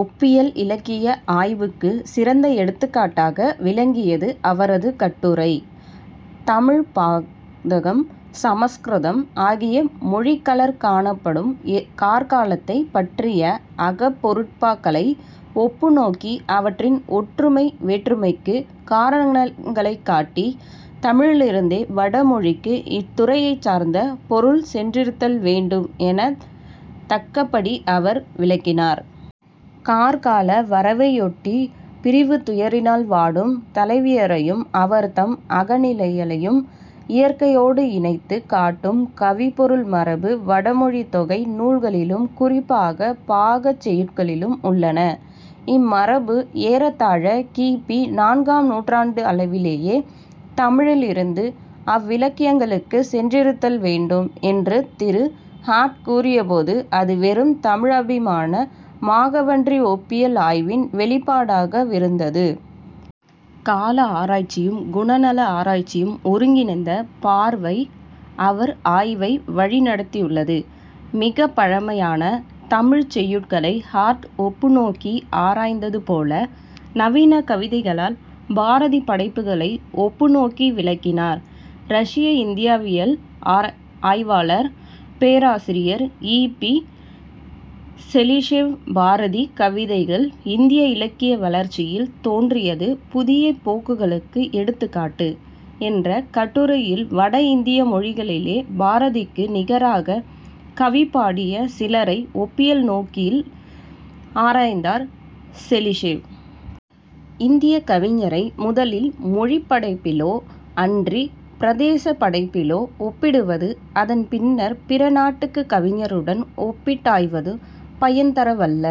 ஒப்பியல் இலக்கிய ஆய்வுக்குச் சிறந்த எடுத்துக்காட்டாக விளங்கியது அவரது கட்டுரை, தமிழ் பாகதம், சமஸ்கிருதம் ஆகிய மொழிகளிற் காணப்படும கார்காலத்தைப் பற்றிய அகப்பொருட்பாக்களை ஒப்புநோக்கி, அவற்றின் ஒற்றுமை வேற்றுமைக்குக் காரணங்களைக் காட்டி, தமிழிலிருந்தே வட மொழிக்கு இத்துறையைச்சார்ந்த பொருள் சென்றிருத்தல் வேண்டும் எனத் தக்கபடி அவர் விளக்கினார். கார்கால வரவையொட்டிப் பிரிவுத் துயரினால் வாடும் தலைவியரையும் அவர்தம் அகநிலைகளையும் இயற்கையோடு இணைத்துக் காட்டும் கவிப்பொருள் மரபு வடமொழித் தொகை நூல்களிலும் குறிப்பாகப் பாகதச் செய்யுட்களிலும் உள்ளன. இம்மரபு ஏறத்தாழ கி. பி. நான்காம் நூற்றாண்டளவிலேயே தமிழிலிருந்து அவ்விலக்கியங்களுக்குச் சென்றிருத்தல் வேண்டும் என்று திரு. ஹார்ட் கூறிய போது, அது வெறும் தமிழபிமான மாகவன்றி ஒப்பியல் ஆய்வின் வௌிப்பாடாக விருந்தது. கால ஆராய்ச்சியும் குணநல ஆராய்ச்சியும் ஒருங்கிணைந்த பார்வை அவர் ஆய்வை வழிநடத்தியுள்ளது. மிகப் பழமையான தமிழ்ச் செய்யுட்களை ஹார்ட் ஒப்பு நோக்கி ஆராய்ந்தது போல, நவீன கவிதைகளால் பாரதி படைப்புக்களை ஒப்பு நோக்கி விளக்கினார் ரஷ்ய இந்தியவியல் ஆய்வாளர், பேராசிரியர் இ. பி. செலிஷெவ், "பாரதி கவிதைகள் இந்திய இலக்கிய வளர்ச்சியில் தோன்றிய புதிய போக்குகளுக்கு எடுத்துக்காட்டு" என்ற கட்டுரையில் வட இந்திய மொழிகளிலே பாரதிக்கு நிகராகக் கவிபாடிய சிலரை ஒப்பியல் நோக்கில் ஆராய்ந்தார் செலிஷெவ். இந்தியக் கவிஞரை முதலில் மொழியடிப்படையிலோ அன்றிப் பிரதேச அடிப்படையிலோ ஒப்பிடுவதும், அதன் பின்னர் பிற நாட்டுக் கவிஞருடன் ஒப்பிட்டாய்வதும், பயன்தரவல்ல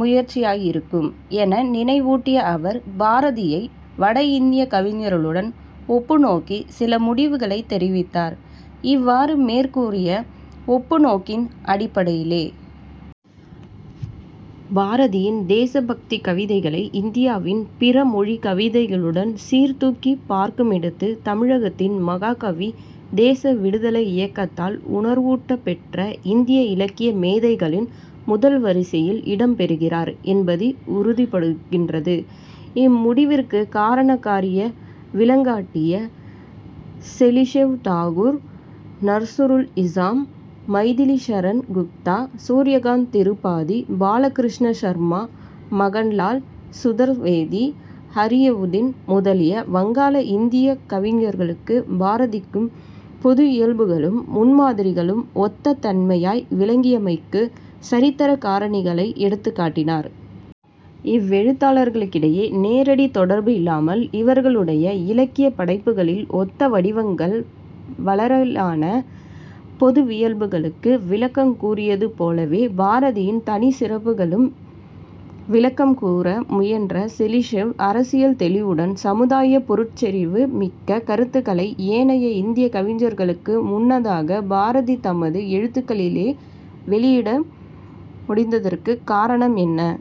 முயற்சியாயிருக்கும் என நினைவூட்டிய அவர், பாரதியை வட இந்தியக் கவிஞருடன் ஒப்பு நோக்கிச் சில முடிவுகளைத் தெரிவித்தார். "இவ்வாறு மேற்கூறிய ஒப்பு நோக்கின் அடிப்படையிலே, பாரதியின் தேசபக்திக் கவிதைகளை இந்தியாவின் பிற மொழிக் கவிதைகளுடன் சீர்தூக்கிப் பார்க்குமிடத்து, தமிழகத்தின் மகாகவி தேச விடுதலை இயக்கத்தால் உணர்வூட்டப் பெற்ற இந்திய இலக்கிய மேதைகளின் முதல் வரிசையில் இடம் பெறுகிறார் என்பது உறுதிப்படுகின்றது" இம்முடிவிற்குக் காரண காரிய விளக்கங் காட்டிய செலிஷெவ், தாகூர், நஸ்ருல் இஸ்ஸாம், மைதிலிஷரண் குப்தா, சூர்யகாந்த் திருபாதி, பாலகிருஷ்ண சர்மா, மகன்லால் சுதர்வேதி, ஹரியவுதின் முதலிய வங்காள, இந்திக் கவிஞருக்கும் பாரதிக்கும் பொதுவுயல்புகளும் முன்மாதிரிகளும் ஒத்த தன்மையாய் விளங்கியமைக்குச் சரித்திரக் காரணிகளை எடுத்துக் காட்டினார். "இவ்வெழுத்தாளர்களிடையே நேரடித் தொடர்பு இல்லாமல் இவர்களுடைய இலக்கியப் படைப்புக்களில் ஒத்த வடிவங்கள் வளரலாயின. பொதுவியல்புகளுக்கு விளக்கங் கூறியது போலவே, "பாரதியின் தனிச் சிறப்புகளுக்கும் விளக்கம் கூற முயன்றார் செலிஷெவ். " அரசியல் தௌிவுடன் சமுதாயப் பொருட்செறிவு மிக்க கருத்துக்களை, ஏனைய இந்தியக் கவிஞர்களுக்கு முன்னதாக, பாரதி தமது எழுத்துக்களிலே வௌியிட முடிந்ததற்குக் காரணம் என்ன?